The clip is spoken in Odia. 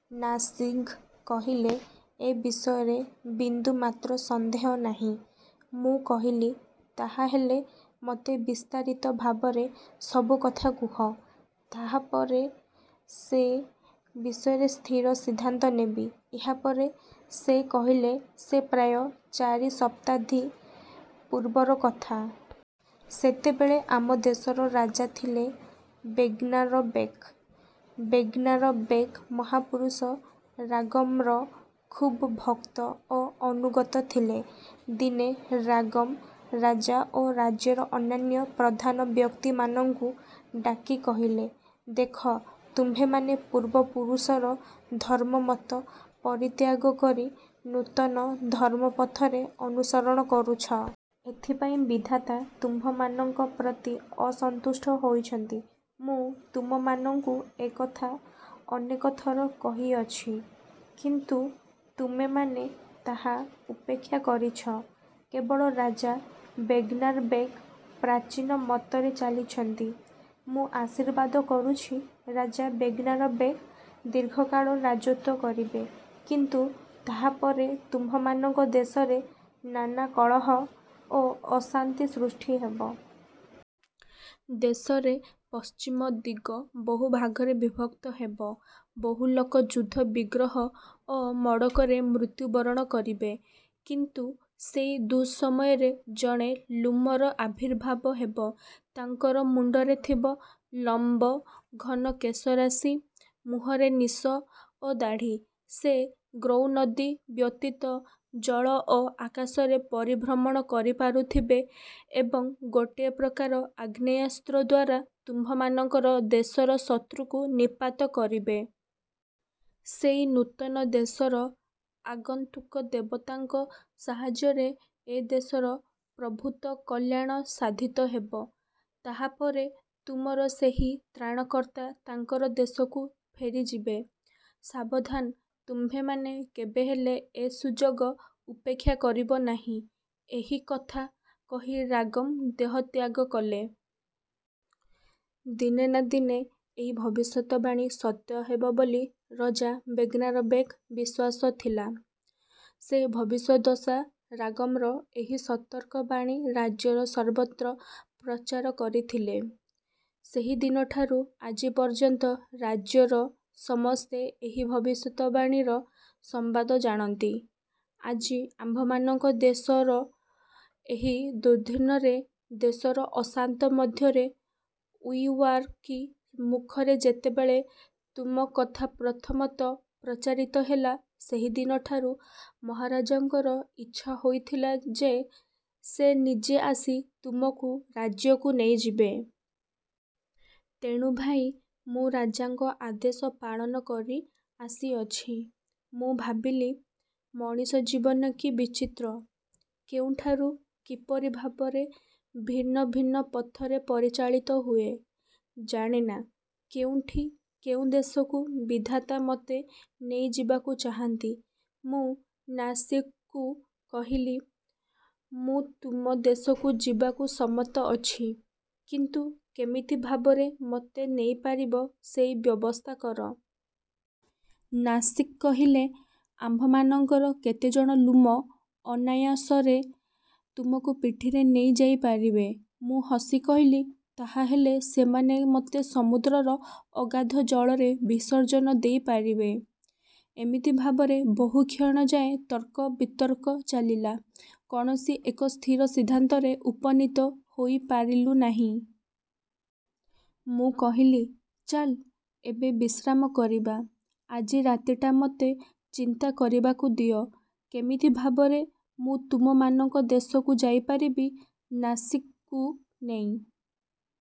' ନାସିଗ୍ କହିଲେ, ଏ ବିଷୟରେ ବିନ୍ଦୁମାତ୍ର ସନ୍ଦେହ ନାହିଁ। ମୁଁ କହିଲି, ''ତାହାହେଲେ ମୋତେ ବିସ୍ତାରିତ ଭାବରେ ସବୁ କଥା କୁହ, ତାହାପରେ ସେ ବିଷୟରେ ସ୍ଥିର ସିଦ୍ଧାନ୍ତ ନେବି। '' ଏହାପରେ ସେ କହିଲେ 'ସେ ପ୍ରାୟ ଚାରି ଶତାବ୍ଦୀ ପୂର୍ବର କଥା। ସେତେବେଳେ ଆମ ଦେଶର ରାଜା ଥିଲେ ବେଗ୍ମାରବେକ୍। ବେଗ୍ମାରବେକ୍ ମହାପୁରୁଷ ରାଗମ୍ର ଖୁବ୍ ଭକ୍ତ ଓ ଅନୁଗତ ଥିଲେ। ଦିନେ ରାଗମ୍ ରାଜା ଓ ରାଜ୍ୟର ଅନ୍ୟାନ୍ୟ ପ୍ରଧାନ ବ୍ୟକ୍ତିମାନଙ୍କୁ ଡାକି କହିଲେ, ଦେଖ, ତୁମ୍ଭେମାନେ ପୂର୍ବପୁରୁଷର ଧର୍ମମତ ପରିତ୍ୟାଗ କରି ନୂତନ ଧର୍ମପଥରେ ଅନୁସରଣ କରୁଛ। ଏଥିପାଇଁ ବିଧାତା ତୁମ୍ଭମାନଙ୍କ ପ୍ରତି ଅସନ୍ତୁଷ୍ଟ ହୋଇଛନ୍ତି। ମୁଁ ତୁମମାନଙ୍କୁ ଏ କଥା ଅନେକ ଥର କହିଅଛି। କିନ୍ତୁ ତୁମ୍ଭେମାନେ ତାହା ଉପେକ୍ଷା କରିଛ। କେବଳ ରାଜା ବେଗ୍ମାରବେକ୍ ପ୍ରାଚୀନ ମତରେ ଚାଲିଛନ୍ତି। ମୁଁ ଆଶୀର୍ବାଦ କରୁଛି, ରାଜା ବେଗ୍ମାରବେକ୍ ଦୀର୍ଘକାଳ ରାଜତ୍ୱ କରିବେ। କିନ୍ତୁ ତାହାପରେ ତୁମ୍ଭମାନଙ୍କ ଦେଶରେ ନାନା କଳହ ଓ ଅଶାନ୍ତି ସୃଷ୍ଟି ହେବ। ଦେଶରେ ପଶ୍ଚିମ ଦିଗ ବହୁଭାଗରେ ବିଭକ୍ତ ହେବ, ବହୁ ଲୋକ ଯୁଦ୍ଧ ବିଗ୍ରହ ଓ ମଡ଼କରେ ମୃତ୍ୟୁବରଣ କରିବେ। କିନ୍ତୁ ସେଇ ଦୁଃସମୟରେ ଜଣେ ଲ୍ଲୁମର ଆବିର୍ଭାବ ହେବ। ତାଙ୍କର ମୁଣ୍ଡରେ ଥିବ ଲମ୍ବ ଘନ କେଶରାଶି, ମୁହଁରେ ନିଶ ଓ ଦାଢ଼ି,-ସେ ଗ୍ରୌନଦି ବ୍ୟତୀତ ଜଳ ଓ ଆକାଶରେ ପରିଭ୍ରମଣ କରିପାରୁଥିବେ ଏବଂ ଗୋଟିଏ ପ୍ରକାର ଆଗ୍ନେୟାସ୍ତ୍ରଦ୍ୱାରା ତୁମ୍ଭମାନଙ୍କର ଦେଶର ଶତ୍ରୁକୁ ନିପାତ କରିବେ। ସେଇ ନୂତନ ଦେଶର ଆଗନ୍ତୁକ ଦେବତାଙ୍କ ସାହାଯ୍ୟରେ ଏ ଦେଶର ପ୍ରଭୂତ କଲ୍ୟାଣ ସାଧିତ ହେବ। ତାହାପରେ ତୁମର ସେହି ତ୍ରାଣକର୍ତ୍ତା ତାଙ୍କର ଦେଶକୁ ଫେରିଯିବେ। ସାବଧାନ, ତୁମ୍ଭେମାନେ କେବେହେଲେ ଏ ସୁଯୋଗ ଉପେକ୍ଷା କରିବ ନାହିଁ। ଏହି କଥା କହି ରାଗମ୍ ଦେହତ୍ୟାଗ କଲେ। ''ଦିନେ ନା ଦିନେ ଏଇ ଭବିଷ୍ୟତବାଣୀ ସତ୍ୟ ହେବ ବୋଲି ରଜା ବେଗ୍ମାରବେକ୍ଙ୍କ ବିଶ୍ୱାସ ଥିଲା, ସେ ଭବିଷ୍ୟଦ୍ଦଶା, ରାଗମ୍ର ଏହି ସତର୍କ ବାଣୀ ରାଜ୍ୟର ସର୍ବତ୍ର ପ୍ରଚାର କରିଥିଲେ-। ସେହିଦିନଠାରୁ ଆଜି ପର୍ଯ୍ୟନ୍ତ ରାଜ୍ୟର ସମସ୍ତେ ଏହି ଭବିଷ୍ୟତ ବାଣୀର ସମ୍ବାଦ ଜାଣନ୍ତି। ଆଜି ଆମ୍ଭମାନଙ୍କ ଦେଶର ଏହି ଦୁର୍ଦ୍ଦିନରେ, ଦେଶର ଅଶାନ୍ତ ମଧ୍ୟରେ ଇଉଓୟାରକି ମୁଖରେ ଯେତେବେଳେ ତୁମ କଥା ପ୍ରଥମତଃ ପ୍ରଚାରିତ ହେଲା, ସେହିଦିନଠାରୁ ମହାରାଜାଙ୍କର ଇଚ୍ଛା ହୋଇଥିଲା ଯେ, ସେ ନିଜେ ଆସି ତୁମକୁ ରାଜ୍ୟକୁ ନେଇଯିବେ। ତେଣୁ ଭାଇ, ମୁଁ ରାଜାଙ୍କ ଆଦେଶ ପାଳନ କରିଆସିଅଛି। '' ମୁଁ ଭାବିଲି, ମଣିଷ ଜୀବନ କି ବିଚିତ୍ର, କେଉଁଠାରୁ କିପରି ଭାବରେ ଭିନ୍ନ ଭିନ୍ନ ପଥରେ ପରିଚାଳିତ ହୁଏ। ଜାଣେନା କେଉଁଠି କେଉଁ ଦେଶକୁ ବିଧାତା ମୋତେ ନେଇଯିବାକୁ ଚାହାନ୍ତି। ମୁଁ ନାସିଗ୍କୁ କହିଲି, ମୁଁ ତୁମ ଦେଶକୁ ଯିବାକୁ ସମ୍ମତ ଅଛି, କିନ୍ତୁ କେମିତି ଭାବରେ ମୋତେ ନେଇପାରିବ ସେଇ ବ୍ୟବସ୍ଥା କର। ନାସିଗ୍ କହିଲେ,-ଆମ୍ଭମାନଙ୍କର କେତେଜଣ ଲ୍ଲୁମ ଅନାୟାସରେ ତୁମକୁ ପିଠିରେ ନେଇଯାଇପାରିବେ। ମୁଁ ହସି କହିଲି, ''ତାହାହେଲେ ସେମାନେ ମୋତେ ସମୁଦ୍ରର ଅଗାଧ ଜଳରେ ବିସର୍ଜନ ଦେଇପାରିବେ। '' ଏମିତି ଭାବରେ ବହୁକ୍ଷଣ ଯାଏ ତର୍କ ବିତର୍କ ଚାଲିଲା। କୌଣସି ଏକ ସ୍ଥିର ସିଦ୍ଧାନ୍ତରେ ଉପନୀତ ହୋଇପାରିଲୁ ନାହିଁ। ମୁଁ କହିଲି-''ଚାଲ, ଏବେ ବିଶ୍ରାମ କରିବା। ଆଜି ରାତିଟା ମୋତେ ଚିନ୍ତା କରିବାକୁ ଦିଅ, କେମିତି ଭାବରେ ମୁଁ ତୁମମାନଙ୍କ ଦେଶକୁ ଯାଇ ପାରିବି। '' ନାସିଗ୍କୁ ନେଇ